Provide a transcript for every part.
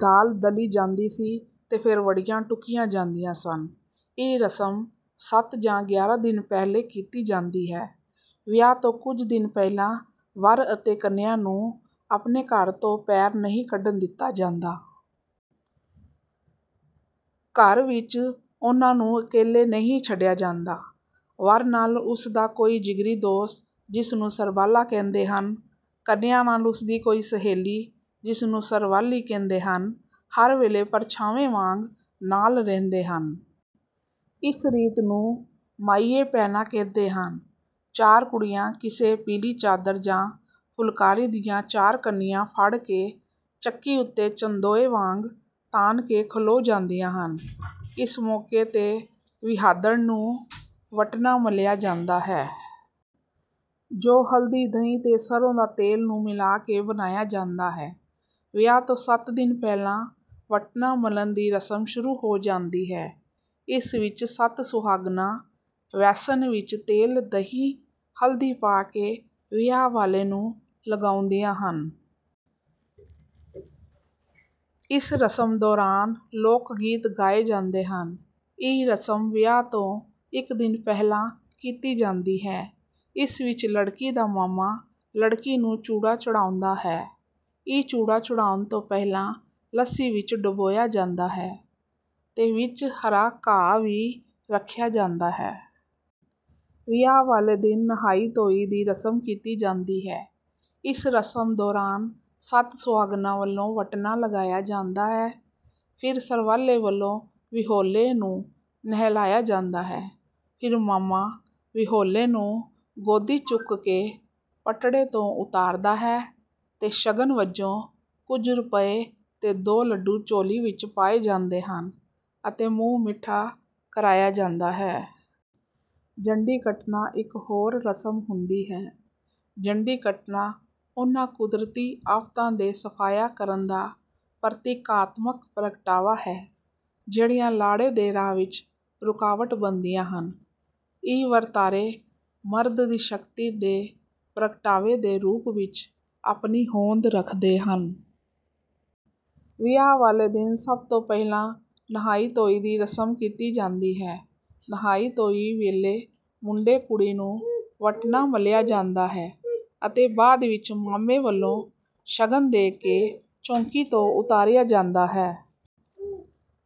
ਦਾਲ ਦਲੀ ਜਾਂਦੀ ਸੀ ਤੇ ਫਿਰ ਵੜੀਆਂ ਟੁੱਕੀਆਂ ਜਾਂਦੀਆਂ ਸਨ। ਇਹ ਰਸਮ ਸੱਤ ਜਾਂ ਗਿਆਰਾਂ ਦਿਨ ਪਹਿਲਾਂ ਕੀਤੀ ਜਾਂਦੀ ਹੈ। ਵਿਆਹ ਤੋਂ ਕੁਝ ਦਿਨ ਪਹਿਲਾਂ ਵਰ ਅਤੇ ਕੰਨਿਆ ਨੂੰ ਆਪਣੇ ਘਰ ਤੋਂ ਪੈਰ ਨਹੀਂ ਕੱਢਣ ਦਿੱਤਾ ਜਾਂਦਾ। ਘਰ ਵਿੱਚ ਉਹਨਾਂ ਨੂੰ ਇਕੱਲਾ ਨਹੀਂ ਛੱਡਿਆ ਜਾਂਦਾ। ਵਰ ਨਾਲ ਉਸਦਾ ਕੋਈ ਜਿਗਰੀ ਦੋਸਤ ਜਿਸਨੂੰ ਸਰਬਾਲਾ ਕਹਿੰਦੇ ਹਨ। ਕੰਨਿਆ ਨਾਲ ਉਸਦੀ ਕੋਈ ਸਹੇਲੀ ਜਿਸਨੂੰ ਸਰਵਾਲੀ ਕਹਿੰਦੇ ਹਨ। ਹਰ ਵੇਲੇ ਪਰਛਾਵੇ ਵਾਂਗ ਨਾਲ ਰਹਿੰਦੇ ਹਨ। ਇਸ ਰੀਤ ਨੂੰ ਮਾਈਏ ਪੈਣਾ ਕਹਿੰਦੇ ਹਨ। ਚਾਰ ਕੁੜੀਆਂ ਕਿਸੇ ਪੀਲੀ ਚਾਦਰ ਜਾਂ ਫੁਲਕਾਰੀ ਦੀਆਂ ਚਾਰ ਕੰਨੀਆਂ ਫੜ ਕੇ ਚੱਕੀ ਉੱਤੇ ਚੰਦੋਏ ਵਾਂਗ ਤਾਣ ਕੇ ਖਲੋ ਜਾਂਦੀਆਂ ਹਨ। ਇਸ ਮੌਕੇ ਤੇ ਵਿਆਹਦੜ ਨੂੰ ਵਟਣਾ ਮਲਿਆ ਜਾਂਦਾ ਹੈ। ਜੋ ਹਲਦੀ ਦਹੀ ਤੇ ਸਰੋਂ ਦਾ ਤੇਲ ਨੂੰ ਮਿਲਾ ਕੇ ਬਣਾਇਆ ਜਾਂਦਾ ਹੈ। ਵਿਆਹ ਤੋਂ ਸੱਤ ਦਿਨ ਪਹਿਲਾਂ ਵੱਟਣਾ ਮਲਣ ਦੀ ਰਸਮ ਸ਼ੁਰੂ ਹੋ ਜਾਂਦੀ ਹੈ। ਇਸ ਵਿੱਚ ਸੱਤ ਸੁਹਾਗਣਾਂ ਵੈਸਣ ਵਿੱਚ ਤੇਲ ਦਹੀ ਹਲਦੀ ਪਾ ਕੇ ਵਿਆਹ ਵਾਲੇ ਨੂੰ ਲਗਾਉਂਦੀਆਂ ਹਨ। ਇਹ ਰਸਮ ਦੌਰਾਨ ਲੋਕ ਗੀਤ ਗਾਏ ਜਾਂਦੇ ਹਨ। ਇਹ ਰਸਮ ਵਿਆਹ ਤੋਂ ਇੱਕ ਦਿਨ ਪਹਿਲਾਂ ਕੀਤੀ ਜਾਂਦੀ ਹੈ। ਇਸ ਵਿੱਚ ਲੜਕੀ ਦਾ ਮਾਮਾ ਲੜਕੀ ਨੂੰ ਚੂੜਾ ਚੜਾਉਂਦਾ ਹੈ। ਇਹ ਚੂੜਾ ਚੜਾਉਣ ਤੋਂ ਪਹਿਲਾਂ ਲੱਸੀ ਵਿੱਚ ਡੁਬੋਇਆ ਜਾਂਦਾ ਹੈ ਤੇ ਵਿੱਚ ਹਰਾ ਘਾਹ ਵੀ ਰੱਖਿਆ ਜਾਂਦਾ ਹੈ। ਵਿਆਹ ਵਾਲੇ ਦਿਨ ਨਹਾਈ ਧੋਈ ਦੀ ਰਸਮ ਕੀਤੀ ਜਾਂਦੀ ਹੈ। ਇਸ ਰਸਮ ਦੌਰਾਨ ਸੱਤ ਸੁਹਾਗਣਾਂ ਵੱਲੋਂ ਵੱਟਣਾ ਲਗਾਇਆ ਜਾਂਦਾ ਹੈ ਫਿਰ ਸਰਬਾਲੇ ਵੱਲੋਂ ਵਿਹੋਲੇ ਨੂੰ ਨਹਲਾਇਆ ਜਾਂਦਾ ਹੈ। ਫਿਰ ਮਾਮਾ ਵਿਹੋਲੇ ਨੂੰ ਗੋਦੀ ਚੁੱਕ ਕੇ ਪਟੜੇ ਤੋਂ ਉਤਾਰਦਾ ਹੈ ਤੇ ਸ਼ਗਨ ਵਜੋਂ ਕੁੱਝ ਰੁਪਏ ਤੇ ਦੋ ਲੱਡੂ ਝੋਲੀ ਵਿੱਚ ਪਾਏ ਜਾਂਦੇ ਹਨ ਅਤੇ ਮੂੰਹ ਮਿੱਠਾ ਕਰਾਇਆ ਜਾਂਦਾ ਹੈ। ਜੰਡੀ ਕੱਟਣਾ ਇੱਕ ਹੋਰ ਰਸਮ ਹੁੰਦੀ ਹੈ। ਜੰਡੀ ਕੱਟਣਾ ਉਹਨਾਂ ਕੁਦਰਤੀ ਆਫਤਾਂ ਦੇ ਸਫਾਇਆ ਕਰਨ ਦਾ ਪ੍ਰਤੀਕਾਤਮਕ ਪ੍ਰਗਟਾਵਾ ਹੈ ਜਿਹੜੀਆਂ ਲਾੜੇ ਦੇ ਰਾਹ ਵਿੱਚ ਰੁਕਾਵਟ ਬਣਦੀਆਂ ਹਨ। ਇਹ ਵਰਤਾਰੇ ਮਰਦ ਦੀ ਸ਼ਕਤੀ ਦੇ ਪ੍ਰਗਟਾਵੇ ਦੇ ਰੂਪ ਵਿੱਚ ਆਪਣੀ ਹੋਂਦ ਰੱਖਦੇ ਹਨ। ਵਿਆਹ ਵਾਲੇ ਦਿਨ ਸਭ ਤੋਂ ਪਹਿਲਾਂ ਨਹਾਈ ਧੋਈ ਦੀ ਰਸਮ ਕੀਤੀ ਜਾਂਦੀ ਹੈ। ਨਹਾਈ ਧੋਈ ਵੇਲੇ ਮੁੰਡੇ ਕੁੜੀ ਨੂੰ ਵਟਣਾ ਮਲਿਆ ਜਾਂਦਾ ਹੈ ਅਤੇ ਬਾਅਦ ਵਿੱਚ ਮਾਮੇ ਵੱਲੋਂ ਸ਼ਗਨ ਦੇ ਕੇ ਚੌਂਕੀ ਤੋਂ ਉਤਾਰਿਆ ਜਾਂਦਾ ਹੈ।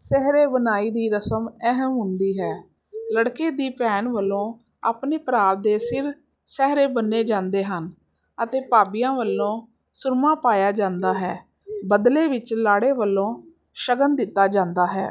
ਸਿਹਰੇ ਬੰਨ੍ਹਾਈ ਦੀ ਰਸਮ ਅਹਿਮ ਹੁੰਦੀ ਹੈ। ਲੜਕੇ ਦੀ ਭੈਣ ਵੱਲੋਂ ਆਪਣੇ ਭਰਾ ਦੇ ਸਿਰ ਸਿਹਰੇ ਬੰਨ੍ਹੇ ਜਾਂਦੇ ਹਨ ਅਤੇ ਭਾਬੀਆਂ ਵੱਲੋਂ ਸੁਰਮਾ ਪਾਇਆ ਜਾਂਦਾ ਹੈ। ਬਦਲੇ ਵਿੱਚ ਲਾੜੇ ਵੱਲੋਂ ਸ਼ਗਨ ਦਿੱਤਾ ਜਾਂਦਾ ਹੈ।